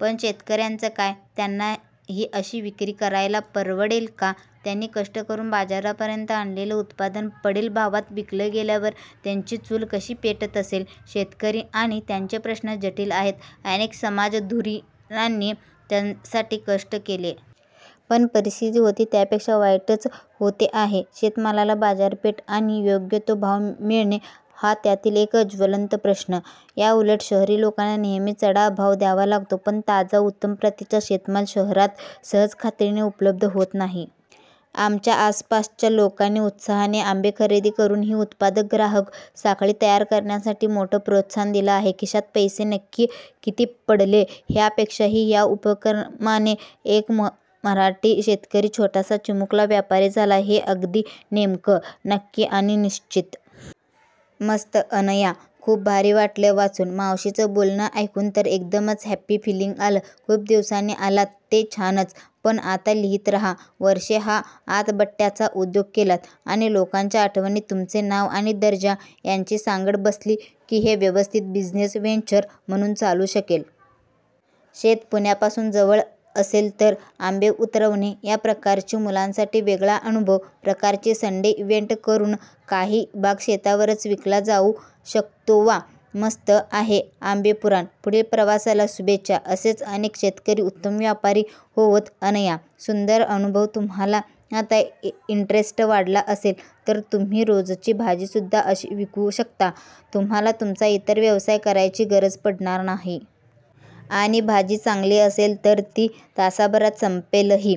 पण शेतकऱ्यांचं काय? त्यांना ही अशी विक्री करायला परवडेल का? त्यांनी कष्ट करून बाजारापर्यंत आणलेलं उत्पादन पडेल भावात विकलं गेल्यावर त्यांची चूल कशी पेटत असेल? शेतकरी आणि त्यांचे प्रश्न जटिल आहेत. अनेक समाजधुरीणांनी त्यासाठी कष्ट केले. पण परिस्थिती होती त्यापेक्षा वाईटच होते आहे. शेतमालाला बाजारपेठ आणि योग्य तो भाव मिळणे, हा त्यातील एक ज्वलंत प्रश्न. त्याउलट शहरी लोकांना नेहमीच चढा भाव द्यावा लागतो. पण ताजा, उत्तम प्रतीचा शेतमाल शहरात सहज खात्रीने उपलब्ध होत नाही. आमच्या आसपासच्या लोकांनी उत्साहाने आंबे खरेदी करून ही उत्पादक-ग्राहक साखळी तयार करण्यासाठी मोठं प्रोत्साहन दिलं आहे. खिशात पैसे नक्की किती पडले? ह्या पेक्षाही ह्या उपक्रमाने एक मराठी शेतकरी छोटासा, चिमुकला व्यापारी झाला, हे अगदी नेमकं, नक्की आणि निश्चित!! मस्त अनया. खूप भारी वाटलं वाचुन. मावशीचं बोलणं ऐकुन तर एकदमचं हॅपी फीलिंग आलं. खुप दिवसांनी आलात ते छानच पण आता लिहीत रहा. वर्षे हा आतबट्ट्याचा उद्योग केलात आणि लोकांच्या आठवणीत तुमचे नाव आणि दर्जा यांची सांगड बसली की हे व्यवस्थित बिझनेस व्हेंचर म्हणून चालू शकेल. शेत पुण्यापासून जवळ असेल तर "आंबे उतरवणे " या प्रकाराची " मुलांसाठी वेगळा अनुभव" प्रकारची -संडे इव्हेंट करुन काही भाग शेतावरच विकला जाऊ शकतोवा, मस्त आहे आंबेपुराण.. पुढील प्रवासाला शुभेच्छाअसेच अनेक शेतकरी उत्तम व्यापारी होवोतअनया, सुंदर अनुभवतुम्हाला आता इंटरेस्ट वाढला असेल तर तुम्ही रोजची भाजीसुदधा अशी विकू शकता, तुम्हाला तुमचा इतर व्यवसाय करायची गरज पडणार नाही. आणि भाजी चांगली असेल तर ती तासाभरात संपेलही.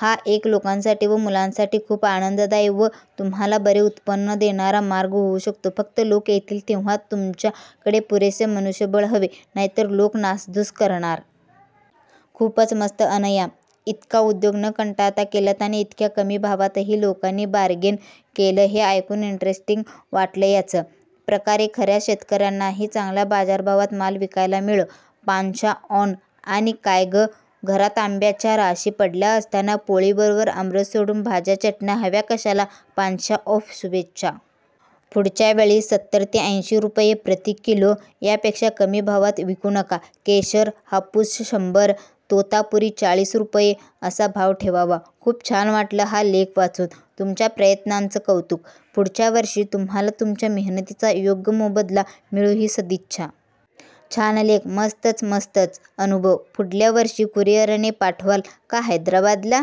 हा एक लोकांसाठी व मुलांसाठी खूप आनंददायी व तुम्हाला बरे उत्पन्न देणारा मार्ग होऊ शकतो, फक्त लोक येतील तेव्हा तुमच्या कडे पुरेसे मनुष्यबळ हवे. नाहीतर लोक नासधूस करणार. खूपच मस्त अनया. इतका उद्योग न कंटाळता केलात, आणि इतक्या कमी भावातही लोकांनी बारगेन केलं हे ऐकून इंटरेस्टिंग वाटलंयाच प्रकारे खऱ्या शेतकऱ्यांनाही चांगल्या बाजारभावात माल विकायला मिळो. पांशा ऑन 'आणि काय गं, घरात आंब्याच्या राशी पडल्या असताना पोळी बरोबर आमरस सोडून भाज्या चटण्या हव्या कशाला' पांशा ऑफशुभेच्छा!! पुढच्या वेळी सत्तर ते ऐंशी रुपये प्रति किलो या पेक्षा कमी भावात विकू नका. केशर, हापूस शंभर, तोतापुरी चाळीस रुपये असा भाव ठेवावा. खूप छान वाटलं हा लेख वाचून. तुमच्या प्रयत्नांच कौतुक. पुढच्या वर्षी तुम्हाला तुमच्या मेहनतीचा योग्य मोबदला मिळो ही सदिच्छा. + छान लेख. मस्तचमस्तच अनुभव! पुढल्या वर्षी कुरियरने पाठवाल का हैदराबादला?